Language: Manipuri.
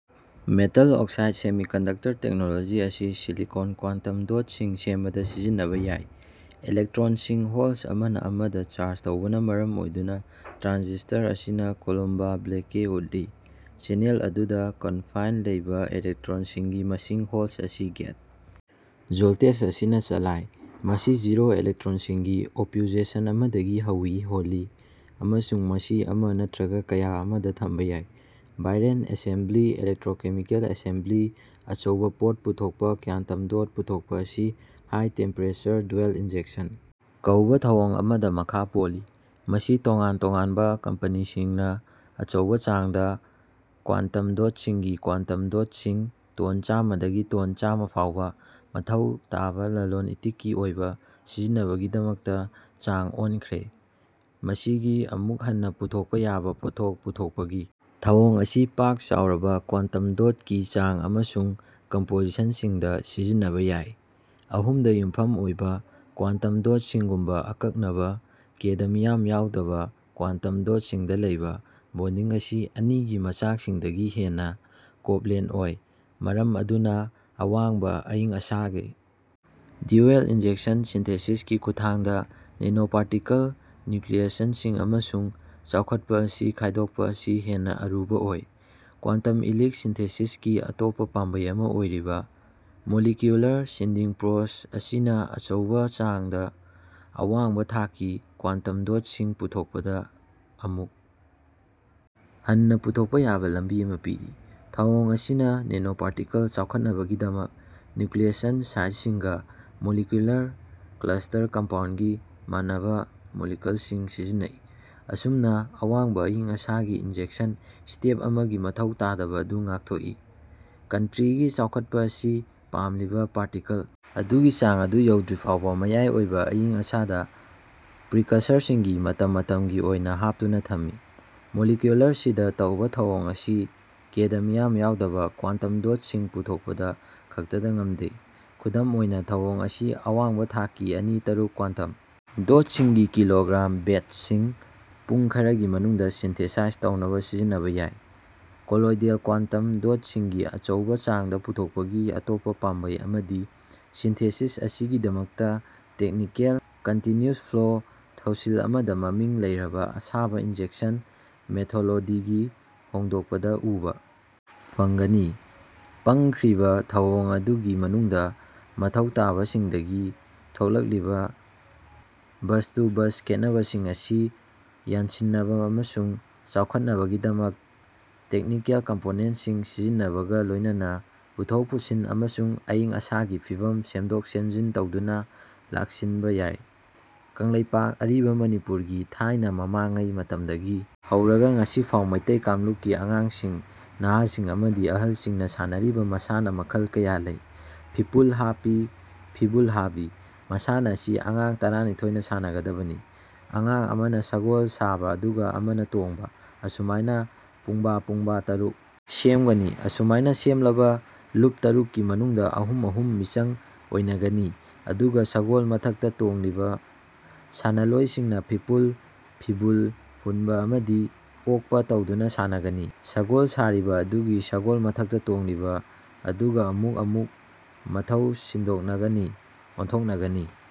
ꯃꯦꯇꯜ ꯑꯣꯁꯥꯏꯗ ꯁꯦꯃꯤꯀꯟꯗꯛꯇꯔ ꯇꯦꯛꯅꯣꯂꯣꯖꯤ ꯑꯁꯤ ꯁꯤꯂꯤꯀꯣꯟ ꯀ꯭ꯋꯥꯟꯇꯝ ꯗꯣꯠꯁꯤꯡ ꯁꯦꯝꯕꯗ ꯁꯤꯖꯤꯟꯅꯕ ꯌꯥꯏ꯫ ꯏꯂꯦꯛꯇ꯭ꯔꯣꯟꯁꯤꯡ (ꯍꯣꯜꯁ) ꯑꯃꯅ ꯑꯃꯗ ꯆꯥꯔꯖ ꯇꯧꯕꯅ ꯃꯔꯝ ꯑꯣꯏꯗꯨꯅ ꯇ꯭ꯔꯥꯟꯖꯤꯁ꯭ꯇꯣꯔ ꯑꯁꯤꯅ ꯀꯨꯂꯣꯝꯕ ꯕ꯭ꯂꯦꯀꯦ ꯎꯠꯂꯤ꯫ ꯆꯦꯅꯦꯜ ꯑꯗꯨꯗ ꯀꯣꯟꯐꯥꯏꯟ ꯂꯩꯕ ꯏꯂꯦꯛꯇ꯭ꯔꯣꯟꯁꯤꯡꯒꯤ ꯃꯁꯤꯡ (ꯍꯣꯜꯁ) ꯑꯁꯤ ꯒꯦꯠ ꯖꯣꯜꯇꯦꯖ ꯑꯁꯤꯅ ꯆꯂꯥꯏ, ꯃꯁꯤ ꯖꯤꯔꯣ ꯏꯂꯦꯛꯇ꯭ꯔꯣꯟꯁꯤꯡꯒꯤ ꯑꯣꯄ꯭ꯌꯨꯖꯦꯁꯟ ꯑꯃꯗꯒꯤ ꯍꯧꯏ (ꯍꯣꯜꯂꯤ) ꯑꯃꯁꯨꯡ ꯃꯁꯤ ꯑꯃ ꯅꯠꯇ꯭ꯔꯒ ꯀꯌꯥ ꯑꯃꯗ ꯊꯝꯕ ꯌꯥꯏ꯫ ꯚꯥꯏꯔꯜ ꯑꯦꯁꯦꯝꯕ꯭ꯂꯤ ꯏꯂꯦꯛꯇ꯭ꯔꯣꯀꯦꯃꯤꯀꯦꯜ ꯑꯦꯁꯦꯝꯕ꯭ꯂꯤ ꯑꯆꯧꯕ ꯄꯣꯠ ꯄꯨꯊꯣꯛꯄ ꯀ꯭ꯋꯥꯟꯇꯝ ꯗꯣꯠ ꯄꯨꯊꯣꯛꯄ ꯑꯁꯤ ꯍꯥꯏ ꯇꯦꯝꯄꯔꯦꯆꯔ ꯗ꯭ꯌꯨꯋꯦꯜ ꯏꯟꯖꯦꯛꯁꯟ ꯀꯧꯕ ꯊꯧꯑꯣꯡ ꯑꯃꯗ ꯃꯈꯥ ꯄꯣꯜꯂꯤ, ꯃꯁꯤ ꯇꯣꯉꯥꯟ-ꯇꯣꯉꯥꯟꯕ ꯀꯝꯄꯅꯤꯁꯤꯡꯅ ꯑꯆꯧꯕ ꯆꯥꯡꯗ (ꯀ꯭ꯋꯥꯟꯇꯝ ꯗꯣꯠꯁꯤꯡꯒꯤ ꯀ꯭ꯋꯥꯟꯇꯝ ꯗꯣꯠꯁꯤꯡ ꯇꯣꯟ ꯆꯥꯃꯗꯒꯤ ꯇꯣꯟ ꯆꯥꯝꯃ ꯐꯥꯎꯕ) ꯃꯊꯧ ꯇꯥꯕ ꯂꯂꯣꯟ-ꯏꯇꯤꯛꯀꯤ ꯑꯣꯏꯕ ꯁꯤꯖꯤꯟꯅꯕꯒꯤꯗꯃꯛꯇ ꯆꯥꯡ ꯑꯣꯟꯈ꯭ꯔꯦ꯫ ꯃꯁꯤꯒꯤ ꯑꯃꯨꯛ ꯍꯟꯅ ꯄꯨꯊꯣꯛꯄ ꯌꯥꯕ ꯄꯣꯠꯊꯣꯛ ꯄꯨꯊꯣꯛꯄꯒꯤ ꯊꯧꯑꯣꯡ ꯑꯁꯤ ꯄꯥꯛ-ꯆꯥꯎꯔꯕ ꯀ꯭ꯋꯥꯟꯇꯝ ꯗꯣꯠꯀꯤ ꯆꯥꯡ ꯑꯃꯁꯨꯡ ꯀꯝꯄꯣꯖꯤꯁꯟꯁꯤꯡꯗ ꯁꯤꯖꯤꯟꯅꯕ ꯌꯥꯏ꯫ ꯑꯍꯨꯝ-ꯗ ꯌꯨꯝꯐꯝ ꯑꯣꯏꯕ ꯀ꯭ꯋꯥꯟꯇꯝ ꯗꯣꯠꯁꯤꯡꯒꯨꯝꯕ ꯑꯀꯛꯅꯕ ꯀꯦꯗꯃꯤꯌꯝ ꯌꯥꯎꯗꯕ ꯀ꯭ꯋꯥꯟꯇꯝ ꯗꯣꯠꯁꯤꯡꯗ ꯂꯩꯕ ꯕꯣꯟꯗꯤꯡ ꯑꯁꯤ ꯑꯅꯤ-ꯒꯤ ꯃꯆꯥꯛꯁꯤꯡꯗꯒꯤ ꯍꯦꯟꯅ ꯀꯣꯚꯂꯦꯟ ꯑꯣꯏ, ꯃꯔꯝ ꯑꯗꯨꯅ ꯑꯋꯥꯡꯕ ꯑꯏꯪ ꯑꯁꯥꯒꯤ ꯗ꯭ꯌꯨꯋꯦꯜ ꯏꯟꯖꯦꯛꯁꯟ ꯁꯤꯟꯊꯦꯁꯤꯁꯀꯤ ꯈꯨꯠꯊꯥꯡꯗ ꯅꯦꯅꯣꯄꯥꯔꯇꯤꯀꯜ ꯅ꯭ꯌꯨꯀ꯭ꯂꯤꯌꯦꯁꯟ ꯑꯃꯁꯨꯡ ꯆꯥꯎꯈꯠꯄ ꯑꯁꯤ ꯈꯥꯏꯗꯣꯛꯄ ꯑꯁꯤ ꯍꯦꯟꯅ ꯑꯔꯨꯕ ꯑꯣꯏ꯫ ꯀ꯭ꯋꯥꯟꯇꯝ ꯏꯂꯤꯛ ꯁꯤꯟꯊꯤꯁꯤꯁꯀꯤ ꯑꯇꯣꯞꯄ ꯄꯥꯝꯕꯩ ꯑꯃ ꯑꯣꯏꯔꯤꯕ, ꯃꯣꯂꯤꯀ꯭ꯌꯨꯂꯔ ꯁꯤꯗꯤꯡ ꯄ꯭ꯔꯣꯁ ꯑꯁꯤꯅ ꯑꯆꯧꯕ ꯆꯥꯡꯗ ꯑꯋꯥꯡꯕ ꯊꯥꯛꯀꯤ ꯀ꯭ꯋꯥꯟꯇꯝ ꯗꯣꯠꯁꯤꯡ ꯄꯨꯊꯣꯛꯄꯗ ꯑꯃꯨꯛ ꯍꯟꯅ ꯄꯨꯊꯣꯛꯄ ꯌꯥꯕ ꯂꯝꯕꯤ ꯑꯃ ꯄꯤꯔꯤ꯫ ꯊꯧꯑꯣꯡ ꯑꯁꯤꯅ ꯅꯦꯅꯣꯄꯥꯔꯇꯤꯀꯜ ꯆꯥꯎꯈꯠꯅꯕꯒꯤꯗꯃꯛ ꯅ꯭ꯌꯨꯀ꯭ꯂꯤꯌꯦꯁꯟ ꯁꯥꯏꯠꯁꯤꯡꯒ ꯃꯣꯂꯤꯀ꯭ꯌꯨꯂꯔ ꯀ꯭ꯂꯁꯇꯔ ꯀꯝꯄꯥꯎꯟꯠꯀꯤ ꯃꯥꯟꯅꯕ ꯃꯣꯂꯤꯀꯜꯁꯤꯡ ꯁꯤꯖꯤꯟꯅꯩ, ꯑꯁꯨꯝꯅ ꯑꯋꯥꯡꯕ ꯑꯏꯪ-ꯑꯁꯥꯒꯤ ꯏꯟꯖꯦꯛꯁꯟ ꯁ꯭ꯇꯦꯞ ꯑꯃꯒꯤ ꯃꯊꯧ ꯇꯥꯗꯕ ꯑꯗꯨ ꯉꯥꯛꯊꯣꯛꯏ꯫ ꯀꯟꯇ꯭ꯔꯤꯛꯀꯤ ꯆꯥꯎꯈꯠꯄ ꯑꯁꯤ ꯄꯥꯝꯂꯤꯕ ꯄꯥꯔꯇꯤꯀꯜ ꯑꯗꯨꯒꯤ ꯆꯥꯡ ꯑꯗꯨ ꯌꯧꯗ꯭ꯔꯤꯐꯥꯎꯕ ꯃꯌꯥꯏ ꯑꯣꯏꯕ ꯑꯏꯪ-ꯑꯁꯥꯗ ꯄ꯭ꯔꯤꯀꯁꯔꯁꯤꯡꯒꯤ ꯃꯇꯝ-ꯃꯇꯝꯒꯤ ꯑꯣꯏꯅ ꯍꯥꯞꯇꯨꯅ ꯊꯝꯃꯤ꯫ ꯃꯣꯂꯤꯀ꯭ꯌꯨꯂꯔ ꯁꯤꯗ ꯇꯧꯕ ꯊꯧꯑꯣꯡ ꯑꯁꯤ ꯀꯦꯗꯃꯤꯌꯝ ꯌꯥꯎꯗꯕ ꯀ꯭ꯋꯥꯟꯇꯝ ꯗꯣꯠꯁꯤꯡ ꯄꯨꯊꯣꯛꯄꯗ ꯈꯛꯇꯗ ꯉꯝꯗꯦ, ꯈꯨꯗꯝ ꯑꯣꯏꯅ ꯊꯧꯑꯣꯡ ꯑꯁꯤ ꯑꯋꯥꯡꯕ ꯊꯥꯛꯀꯤ ꯑꯅꯤ- ꯇꯔꯨꯛ ꯀ꯭ꯋꯥꯟꯇꯝ ꯗꯣꯠꯁꯤꯡꯒꯤ ꯀꯤꯂꯣꯒ꯭ꯔꯥꯝ ꯕꯦꯆꯁꯤꯡ ꯄꯨꯡ ꯈꯔꯒꯤ ꯃꯅꯨꯡꯗ ꯁꯤꯟꯊꯦꯁꯥꯏꯖ ꯇꯧꯅꯕ ꯁꯤꯖꯤꯟꯅꯕ ꯌꯥꯏ꯫ ꯀꯣꯂꯣꯏꯗꯦꯜ ꯀ꯭ꯋꯥꯟꯇꯝ ꯗꯣꯠꯁꯤꯡꯒꯤ ꯑꯆꯧꯕ ꯆꯥꯡꯗ ꯄꯨꯊꯣꯛꯄꯒꯤ ꯑꯇꯣꯞꯄ ꯄꯥꯝꯕꯩ ꯑꯃꯗꯤ ꯁꯤꯟꯊꯤꯁꯤꯁ ꯑꯁꯤꯒꯤꯗꯃꯛꯇ ꯇꯦꯛꯅꯤꯀꯦꯜ ꯀꯟꯇ꯭ꯌꯨꯅ꯭ꯌꯨꯁ ꯐ꯭ꯂꯣ ꯊꯧꯁꯤꯜ ꯑꯃꯗ ꯃꯃꯤꯡ ꯂꯩꯔꯕ ꯑꯁꯥꯕ ꯏꯟꯖꯦꯛꯁꯟ ꯃꯦꯊꯣꯂꯣꯗꯤꯒꯤ ꯍꯣꯡꯗꯣꯛꯄꯗ ꯎꯕ ꯐꯪꯒꯅꯤ꯫ ꯄꯡꯈ꯭ꯔꯤꯕ ꯊꯧꯑꯣꯡ ꯑꯗꯨꯒꯤ ꯃꯅꯨꯡꯗ ꯃꯊꯧ ꯇꯥꯕꯁꯤꯡꯗꯒꯤ ꯊꯣꯛꯂꯛꯂꯤꯕ ꯕꯆ-ꯇꯨ-ꯕꯆ ꯈꯦꯠꯅꯕꯁꯤꯡ ꯑꯁꯤ ꯌꯥꯟꯁꯤꯟꯅꯕ ꯑꯃꯁꯨꯡ ꯆꯥꯎꯈꯠꯅꯕꯒꯤꯗꯃꯛ ꯇꯦꯛꯅꯤꯀꯦꯜ ꯀꯝꯄꯣꯅꯦꯟꯠꯁꯤꯡ ꯁꯤꯖꯤꯟꯅꯕꯒ ꯂꯣꯏꯅꯅ ꯄꯨꯊꯣꯛ-ꯄꯨꯁꯤꯟ ꯑꯃꯁꯨꯡ ꯑꯏꯪ-ꯑꯁꯥꯒꯤ ꯐꯤꯚꯝ ꯁꯦꯝꯗꯣꯛ-ꯁꯦꯝꯖꯤꯟ ꯇꯧꯗꯨꯅ ꯂꯥꯛꯁꯤꯟꯕ ꯌꯥꯏ꯫ ꯀꯪꯂꯩꯄꯥꯛ (ꯑꯔꯤꯕ ꯃꯅꯤꯄꯨꯔ) ꯒꯤ ꯊꯥꯢꯅ ꯃꯃꯥꯡꯉꯩ ꯃꯇꯝꯗꯒꯤ ꯍꯧꯔꯒ ꯉꯁꯤꯐꯥꯎ ꯃꯤꯇꯩ ꯀꯥꯡꯂꯨꯞꯀꯤ ꯑꯉꯥꯡꯁꯤꯡ, ꯅꯍꯥꯁꯤꯡ ꯑꯃꯗꯤ ꯑꯍꯜꯁꯤꯡꯅ ꯁꯥꯟꯅꯔꯤꯕ ꯃꯁꯥꯟꯅ ꯃꯈꯜ ꯀꯌꯥ ꯂꯩ꯫ ꯐꯤꯄꯨꯜ ꯍꯥꯄꯤ (ꯐꯤꯕꯨꯜ ꯍꯥꯕꯤ) ꯃꯁꯥꯟꯅ ꯑꯁꯤ ꯑꯉꯥꯡ ꯇꯔꯥꯅꯤꯊꯣꯏꯅ ꯁꯥꯟꯅꯒꯗꯕꯅꯤ꯫ ꯑꯉꯥꯡ ꯑꯃꯅ ꯁꯒꯣꯜ ꯁꯥꯕ ꯑꯗꯨꯒ ꯑꯃꯅ ꯇꯣꯡꯕ, ꯑꯁꯨꯃꯥꯢꯅ ꯄꯨꯡꯕꯥ ꯄꯨꯡꯕꯥ ꯇꯔꯨꯛ ꯁꯦꯝꯒꯅꯤ꯫ ꯑꯁꯨꯃꯥꯢꯅ ꯁꯦꯝꯂꯕ ꯂꯨꯞ ꯇꯔꯨꯛ ꯀꯤ ꯃꯅꯨꯡꯗ ꯑꯍꯨꯝ - ꯑꯍꯨꯝ ꯃꯤꯆꯪ ꯑꯣꯢꯅꯒꯅꯤ꯫ ꯑꯗꯨꯒ ꯁꯒꯣꯜ ꯃꯊꯛꯇ ꯇꯣꯡꯂꯤꯕ ꯁꯥꯅꯂꯣꯢꯁꯤꯡꯅ ꯐꯤꯄꯨꯜ (ꯐꯤꯕꯨꯜ) ꯍꯨꯟꯕ ꯑꯃꯗꯤ ꯑꯣꯛꯄ ꯇꯧꯗꯨꯅ ꯁꯥꯟꯅꯒꯅꯤ꯫ ꯁꯒꯣꯜ ꯁꯥꯔꯤꯕ ꯑꯗꯨꯒ ꯁꯒꯣꯜ ꯃꯊꯛꯇ ꯇꯣꯡꯂꯤꯕ ꯑꯗꯨꯒ ꯑꯃꯨꯛ ꯑꯃꯨꯛ ꯃꯊꯧ ꯁꯤꯟꯗꯣꯛꯅꯒꯅꯤ ꯑꯣꯟꯊꯣꯛꯅꯒꯅꯤ꯫